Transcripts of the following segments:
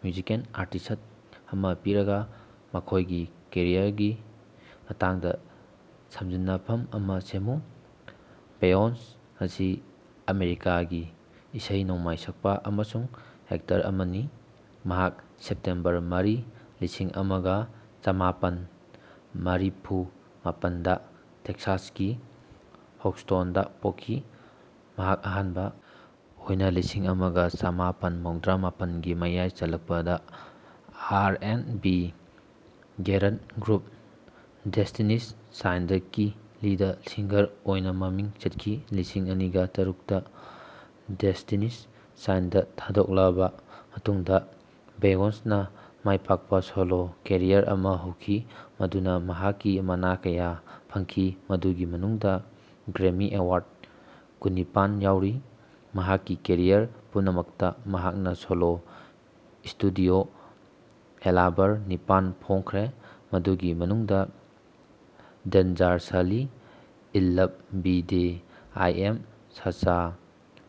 Musical artist ꯑꯃ ꯄꯤꯔꯒ, ꯃꯈꯣꯏꯒꯤ ꯀꯦꯔꯤꯌꯔꯒꯤ ꯃꯇꯥꯡꯗ ꯁꯝꯖꯤꯟꯅꯐꯝ ꯑꯃ ꯁꯦꯝꯃꯨ꯫ ꯕꯦꯌꯣꯟꯁ ꯑꯁꯤ ꯑꯃꯦꯔꯤꯀꯥꯒꯤ ꯏꯁꯩ ꯅꯣꯡꯃꯥꯏ ꯁꯛꯄ ꯑꯃꯁꯨꯡ ꯑꯦꯛꯇꯔ ꯑꯃꯅꯤ, ꯃꯍꯥꯛ ꯁꯦꯞꯇꯦꯝꯕꯔ ꯃꯔꯤ, ꯂꯤꯁꯤꯡ ꯑꯃꯒ ꯆꯃꯥꯄꯟ ꯃꯔꯤꯐꯨ ꯃꯥꯄꯟ ꯗ ꯇꯦꯛꯁꯥꯁꯀꯤ ꯍꯧꯁ꯭ꯇꯣꯟꯗ ꯄꯣꯛꯈꯤ꯫ ꯃꯍꯥꯛ ꯑꯍꯥꯟꯕ ꯑꯣꯏꯅ ꯂꯤꯁꯤꯡ ꯑꯃꯒ ꯆꯃꯥꯄꯜ ꯃꯧꯗ꯭ꯔꯥ ꯃꯥꯄꯟ ꯒꯤ ꯃꯌꯥꯏ ꯆꯜꯂꯛꯄꯗ R and B girl group Destiny's ꯆꯥꯏꯜꯗꯀꯤ ꯂꯤꯗ ꯁꯤꯡꯒꯔ ꯑꯣꯏꯅꯥꯃꯃꯤꯡ ꯆꯠꯈꯤ꯫ ꯂꯤꯁꯤꯡ ꯑꯅꯤꯒ ꯇꯔꯨꯛ ꯇ ꯗꯦꯁ꯭ꯇꯤꯅꯤꯁ ꯆꯥꯏꯜꯗ ꯊꯥꯗꯣꯛꯂꯕ ꯃꯇꯨꯡꯗ ꯕꯦꯌꯣꯟꯁꯅ ꯃꯥꯏꯄꯥꯛꯄ ꯁꯣꯂꯣ ꯀꯦꯔꯤꯌꯔ ꯑꯃꯥ ꯍꯧꯈꯤ ꯃꯗꯨꯅ ꯃꯍꯥꯛꯀꯤ ꯃꯅꯥ ꯀꯌꯥ ꯐꯪꯈꯤ, ꯃꯗꯨꯒꯤ ꯃꯅꯨꯡꯗ ꯒ꯭ꯔꯦꯃꯤ ꯑꯦꯋꯥꯔꯗ ꯀꯨꯟꯅꯤꯄꯥꯜ ꯌꯥꯎꯔꯤ꯫ ꯃꯍꯥꯛꯀꯤ ꯀꯦꯔꯤꯌꯔ ꯄꯨꯝꯅꯃꯛꯇ ꯃꯍꯥꯛꯅ ꯁꯣꯂꯣ ꯁ꯭ꯇꯨꯗꯤꯑꯣ ꯑꯦꯂꯕꯝ ꯅꯤꯄꯥꯟ ꯐꯣꯡꯈ꯭ꯔꯦ, ꯃꯗꯨꯒꯤ ꯃꯅꯨꯡꯗ dangerously in love, B'Day, I am Sasha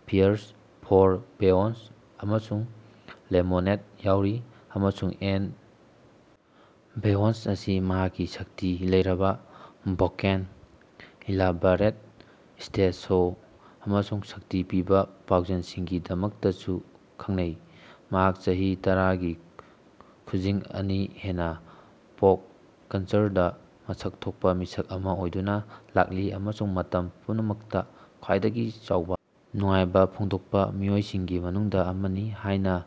fierce, four, Beyonce, ꯑꯃꯁꯨꯡ ꯂꯦꯃꯣꯅꯦꯗ ꯌꯥꯎꯔꯤ ꯫ ꯑꯃꯁꯨꯡ ꯑꯦꯟ. ꯕꯦꯌꯣꯟꯁ ꯑꯁꯤ ꯃꯍꯥꯛꯀꯤ ꯁꯛꯇꯤ ꯂꯩꯔꯕ ꯚꯣꯀꯦꯜ, ꯏꯂꯥꯕꯔꯦꯠ ꯁ꯭ꯇꯦꯖ ꯁꯣ ꯑꯃꯁꯨꯡ ꯁꯛꯇꯤ ꯄꯤꯕ ꯄꯥꯎꯖꯦꯜꯁꯤꯡꯒꯤꯗꯃꯛꯇꯁꯨ ꯈꯪꯅꯩ꯫ ꯃꯍꯥꯛ ꯆꯍꯤ ꯇꯔꯥꯒꯤ ꯈꯨꯖꯤꯡ ꯑꯅꯤ ꯍꯦꯟꯅ ꯄꯣꯞ ꯀꯜꯆꯔꯗ ꯃꯁꯛ ꯊꯣꯛꯄ ꯃꯤꯁꯛ ꯑꯃ ꯑꯣꯏꯗꯨꯅ ꯂꯥꯛꯂꯤ ꯑꯃꯁꯨꯡ ꯃꯇꯝ ꯄꯨꯝꯅꯃꯛꯇ ꯈ꯭ꯋꯥꯏꯗꯒꯤ ꯆꯥꯎꯕ ꯅꯨꯡꯉꯥꯏꯕ ꯐꯣꯡꯗꯣꯛꯄ ꯃꯤꯑꯣꯏꯁꯤꯡꯒꯤ ꯃꯅꯨꯡꯗ ꯑꯃꯅꯤ ꯍꯥꯏꯅ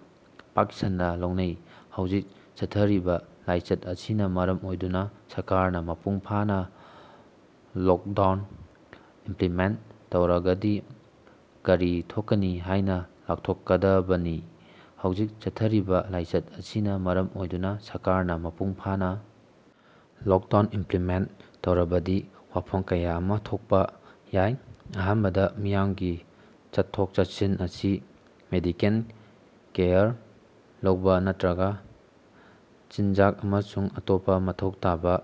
ꯄꯥꯛꯁꯟꯅ ꯂꯧꯅꯩ꯫ ꯍꯧꯖꯤꯛ ꯆꯠꯊꯔꯤꯕ ꯂꯥꯏꯆꯠ ꯑꯁꯤꯅ ꯃꯔꯝ ꯑꯣꯏꯗꯨꯅ ꯁꯔꯀꯥꯔꯅ ꯃꯄꯨꯡ ꯐꯥꯅ ꯂꯣꯛꯗꯥꯎꯟ ꯏꯝꯄ꯭ꯂꯤꯃꯦꯟꯇ ꯇꯧꯔꯒꯗꯤ ꯀꯔꯤ ꯊꯣꯛꯀꯅꯤ ꯍꯥꯏꯅ ꯂꯥꯎꯊꯣꯛꯀꯗꯕꯅꯤ꯫ ꯍꯧꯖꯤꯛ ꯆꯠꯊꯔꯤꯕꯥ ꯂꯥꯏꯆꯠ ꯑꯁꯤꯅ ꯃꯔꯝ ꯑꯣꯏꯗꯨꯅ ꯁꯔꯀꯥꯔꯅ ꯃꯄꯨꯡ ꯐꯥꯅ ꯂꯣꯛꯗꯥꯎꯟ ꯏꯝꯄ꯭ꯂꯤꯃꯦꯟꯇ ꯇꯧꯔꯕꯗꯤ ꯋꯥꯐꯝ ꯀꯌꯥ ꯑꯃ ꯊꯣꯛꯄ ꯌꯥꯏ꯫ ꯑꯍꯥꯟꯕꯗ, ꯃꯤꯌꯥꯝꯒꯤ ꯆꯠꯊꯣꯛ-ꯆꯠꯁꯤꯟ ꯑꯁꯤ ꯃꯦꯗꯤꯀꯦꯜ ꯀꯦꯌꯔ ꯂꯧꯕ ꯅꯠꯇ꯭ꯔꯒ ꯆꯤꯟꯖꯥꯛ ꯑꯃꯁꯨꯡ ꯑꯇꯣꯞꯄ ꯃꯊꯧ ꯇꯥꯕ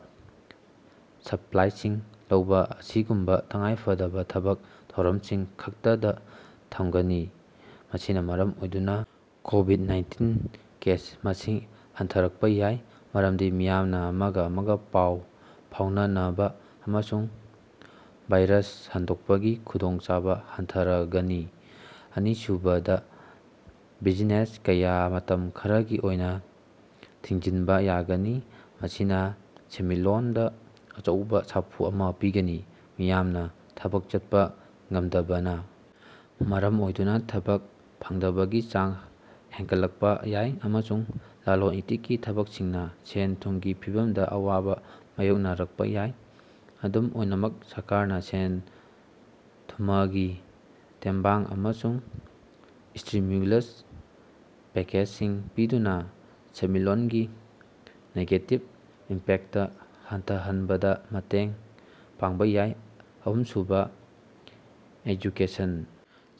ꯁꯞꯄ꯭ꯂꯥꯏꯁꯤꯡ ꯂꯧꯕ ꯑꯁꯤꯒꯨꯝꯕ ꯇꯉꯥꯏ ꯐꯗꯕ ꯊꯕꯛ ꯊꯧꯔꯝꯁꯤꯡ ꯈꯛꯇꯗ ꯊꯝꯒꯅꯤ꯫ ꯃꯁꯤꯅ ꯃꯔꯝ ꯑꯣꯏꯗꯨꯅ ꯀꯣꯚꯤꯗ-ꯅꯥꯏꯟꯇꯤꯟ ꯀꯦꯁ ꯃꯁꯤꯡ ꯍꯟꯊꯔꯛꯄ ꯌꯥꯏ, ꯃꯔꯝꯗꯤ ꯃꯤꯌꯥꯝꯅ ꯑꯃꯒ-ꯑꯃꯒ ꯄꯥꯎ ꯐꯥꯎꯅꯅꯕ ꯑꯃꯁꯨꯡ ꯚꯥꯏꯔꯁ ꯁꯟꯗꯣꯛꯄꯒꯤ ꯈꯨꯗꯣꯡꯆꯥꯕ ꯍꯟꯊꯔꯒꯅꯤ꯫ ꯑꯅꯤꯁꯨꯕꯗ, ꯕꯤꯖꯤꯅꯦꯁ ꯀꯌꯥ ꯃꯇꯝ ꯈꯔꯒꯤ ꯑꯣꯏꯅ ꯊꯤꯡꯖꯤꯟꯕ ꯌꯥꯒꯅꯤ, ꯃꯁꯤꯅ ꯁꯦꯟꯃꯤꯠꯂꯣꯟꯗ ꯑꯆꯧꯕ ꯁꯥꯐꯨ ꯑꯃ ꯄꯤꯒꯅꯤ꯫ ꯃꯤꯌꯥꯝꯅ ꯊꯕꯛ ꯆꯠꯄ ꯉꯝꯗꯕꯅ ꯃꯔꯝ ꯑꯣꯏꯗꯨꯅ ꯊꯕꯛ ꯐꯪꯗꯕꯒꯤ ꯆꯥꯡ ꯍꯦꯟꯒꯠꯂꯛꯄ ꯌꯥꯏ, ꯑꯃꯁꯨꯡ ꯂꯂꯣꯟ-ꯏꯇꯤꯛꯀꯤ ꯊꯕꯛꯁꯤꯡꯅ ꯁꯦꯜ-ꯊꯨꯝꯒꯤ ꯐꯤꯚꯝꯗ ꯑꯋꯥꯕ ꯃꯥꯌꯣꯛꯅꯔꯛꯄ ꯌꯥꯏ꯫ ꯑꯗꯨꯝ ꯑꯣꯏꯅꯃꯛ ꯁꯔꯀꯥꯔꯅ ꯁꯦꯜ-ꯊꯨꯃꯒꯤ ꯇꯦꯡꯕꯥꯡ ꯑꯃꯁꯨꯡ ꯁ꯭ꯇꯤꯃ꯭ꯌꯨꯂꯁ ꯄꯦꯀꯦꯖꯁꯤꯡ ꯄꯤꯗꯨꯅ ꯁꯦꯟꯃꯤꯠꯂꯣꯟꯒꯤ ꯅꯦꯒꯦꯇꯤꯚ ꯏꯝꯄꯦꯛꯇ ꯍꯟꯊꯍꯟꯕꯗ ꯃꯇꯦꯡ ꯄꯥꯡꯕ ꯌꯥꯏ꯫ ꯑꯍꯨꯝꯁꯨꯕ, ꯑꯦꯖꯨꯀꯦꯁꯟ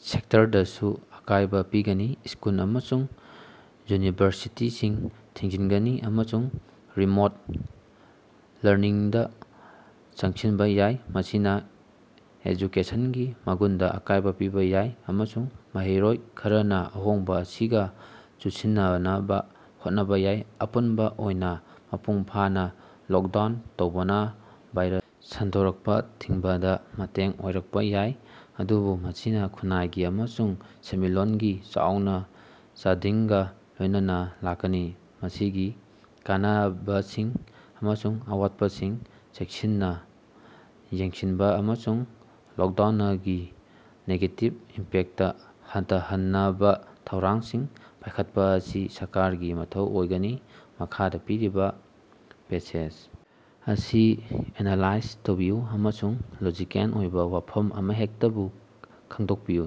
ꯁꯦꯛꯇꯔꯗꯁꯨ ꯑꯀꯥꯏꯕ ꯄꯤꯒꯅꯤ, ꯁ꯭ꯀꯨꯜ ꯑꯃꯁꯨꯡ ꯌꯨꯅꯤꯚꯔꯁꯤꯇꯤꯁꯤꯡ ꯊꯤꯡꯖꯤꯟꯒꯅꯤ ꯑꯃꯁꯨꯡ ꯔꯤꯃꯣꯠ ꯂꯔꯅꯤꯡꯗ ꯆꯪꯁꯤꯟꯕ ꯌꯥꯏ꯫ ꯃꯁꯤꯅ ꯑꯦꯖꯨꯀꯦꯁꯟꯒꯤ ꯃꯒꯨꯟꯗ ꯑꯀꯥꯏꯕ ꯄꯤꯕ ꯌꯥꯏ, ꯑꯃꯁꯨꯡ ꯃꯍꯩꯔꯣꯏ ꯈꯔꯅ ꯑꯍꯣꯡꯕ ꯑꯁꯤꯒ ꯆꯨꯁꯤꯟꯅꯅꯕ ꯍꯣꯠꯅꯕ ꯌꯥꯏ꯫ ꯑꯄꯨꯟꯕ ꯑꯣꯏꯅ ꯃꯄꯨꯡ ꯐꯥꯅ ꯂꯣꯛꯗꯥꯎꯟ ꯇꯧꯕꯅ ꯚꯥꯏꯔꯁ ꯁꯟꯗꯣꯔꯛꯄ ꯊꯤꯡꯕꯗ ꯃꯇꯦꯡ ꯑꯣꯏꯔꯛꯄ ꯌꯥꯏ, ꯑꯗꯨꯕꯨ ꯃꯁꯤꯅ ꯈꯨꯟꯅꯥꯏꯒꯤ ꯑꯃꯁꯨꯡ ꯁꯦꯟꯃꯤꯠꯂꯣꯟꯒꯤ ꯆꯥꯎꯅ ꯆꯥꯗꯤꯡꯒ ꯂꯣꯏꯅꯅ ꯂꯥꯛꯀꯅꯤ꯫ ꯃꯁꯤꯒꯤ ꯀꯥꯟꯅꯕꯁꯤꯡ ꯑꯃꯁꯨꯡ ꯑꯋꯥꯠꯄꯁꯤꯡ ꯆꯦꯛꯁꯤꯟꯅ ꯌꯦꯡꯁꯤꯟꯕ ꯑꯃꯁꯨꯡ ꯂꯣꯛꯗꯥꯎꯅꯒꯤ ꯅꯦꯒꯦꯇꯤꯚ ꯏꯝꯄꯦꯛꯇ ꯍꯟꯊꯍꯟꯅꯕꯥꯊꯧꯔꯥꯡꯁꯤꯡ ꯄꯥꯏꯈꯠꯄ ꯑꯁꯤ ꯁꯔꯀꯥꯔꯒꯤ ꯃꯊꯧ ꯑꯣꯏꯒꯅꯤ꯫ ꯃꯈꯥꯗ ꯄꯤꯔꯤꯕ ꯄꯦꯁꯦꯖ ꯑꯁꯤ ꯑꯦꯅꯂꯥꯏꯖ ꯇꯧꯕꯤꯌꯨ ꯑꯃꯁꯨꯡ ꯂꯣꯖꯤꯀꯦꯜ ꯑꯣꯏꯕ ꯋꯥꯐꯝ ꯑꯃꯍꯦꯛꯇꯕꯨ ꯈꯪꯗꯣꯛꯄꯤꯌꯨ꯫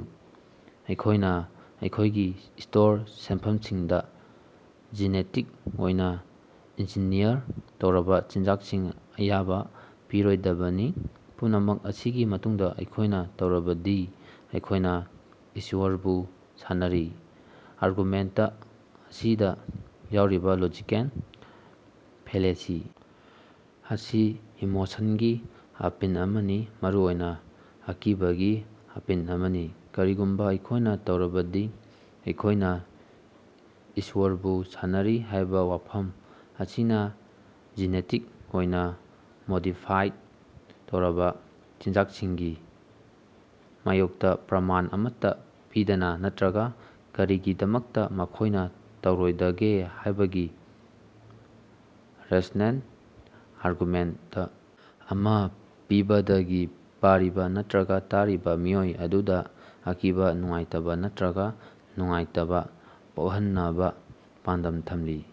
ꯑꯩꯈꯣꯏꯅ ꯑꯩꯈꯣꯏꯒꯤ ꯁ꯭ꯇꯣꯔ ꯁꯦꯜꯐꯝꯁꯤꯡꯗ ꯖꯤꯅꯦꯇꯤꯛ ꯑꯣꯏꯅ ꯏꯟꯖꯤꯅꯤꯌꯔ ꯇꯧꯔꯕ ꯆꯤꯟꯖꯥꯛꯁꯤꯡ ꯑꯌꯥꯕ ꯄꯤꯔꯣꯏꯗꯕꯅꯤ꯫ ꯄꯨꯝꯅꯃꯛ ꯑꯁꯤꯒꯤ ꯃꯇꯨꯡꯗ ꯑꯩꯈꯣꯏꯅ ꯇꯧꯔꯕꯗꯤ ꯑꯩꯈꯣꯏꯅ ꯏꯁ꯭ꯋꯔꯕꯨ ꯁꯥꯟꯅꯔꯤ꯫ ꯑꯥꯔꯒꯨꯃꯦꯟꯇ ꯑꯁꯤꯗ ꯌꯥꯎꯔꯤꯕ ꯂꯣꯖꯤꯀꯦꯜ ꯐꯦꯂꯦꯁꯤ ꯑꯁꯤ ꯏꯃꯣꯁꯟꯒꯤ ꯑꯄꯤꯜ ꯑꯃꯅꯤ, ꯃꯔꯨꯑꯣꯏꯅ ꯑꯀꯤꯕꯒꯤ ꯑꯄꯤꯜ ꯑꯃꯅꯤ꯫ ꯀꯔꯤꯒꯨꯝꯕ ꯑꯩꯈꯣꯏꯅ ꯇꯧꯔꯕꯗꯤ ꯑꯩꯈꯣꯏꯅ ꯏꯁ꯭ꯋꯔꯕꯨ ꯁꯥꯟꯅꯔꯤ ꯍꯥꯏꯕ ꯋꯥꯐꯝ ꯑꯁꯤꯅ ꯖꯤꯅꯦꯇꯤꯛ ꯑꯣꯏꯅ ꯃꯣꯗꯤꯐꯥꯏꯗ ꯇꯧꯔꯕ ꯆꯤꯟꯖꯥꯛꯁꯤꯡꯒꯤ ꯃꯥꯌꯣꯛꯇ ꯄ꯭ꯔꯃꯥꯟ ꯑꯃꯠꯇ ꯄꯤꯗꯅ ꯅꯠꯇ꯭ꯔꯒ ꯀꯔꯤꯒꯤꯗꯃꯛꯇ ꯃꯈꯣꯏꯅ ꯇꯧꯔꯣꯏꯗꯒꯦ ꯍꯥꯏꯕꯒꯤ ꯔꯦꯁ꯭ꯅꯦꯜ ꯑꯥꯔꯒꯨꯃꯦꯟꯇ ꯑꯃ ꯄꯤꯕꯗꯒꯤ ꯄꯥꯔꯤꯕ ꯅꯠꯇ꯭ꯔꯒ ꯇꯥꯔꯤꯕ ꯃꯤꯑꯣꯏ ꯑꯗꯨꯗ ꯑꯀꯤꯕ, ꯅꯨꯡꯉꯥꯏꯇꯕ ꯅꯠꯇ꯭ꯔꯒ ꯅꯨꯡꯉꯥꯏꯇꯕ ꯄꯣꯛꯍꯟꯅꯕ ꯄꯥꯟꯗꯝ ꯊꯝꯂꯤ꯫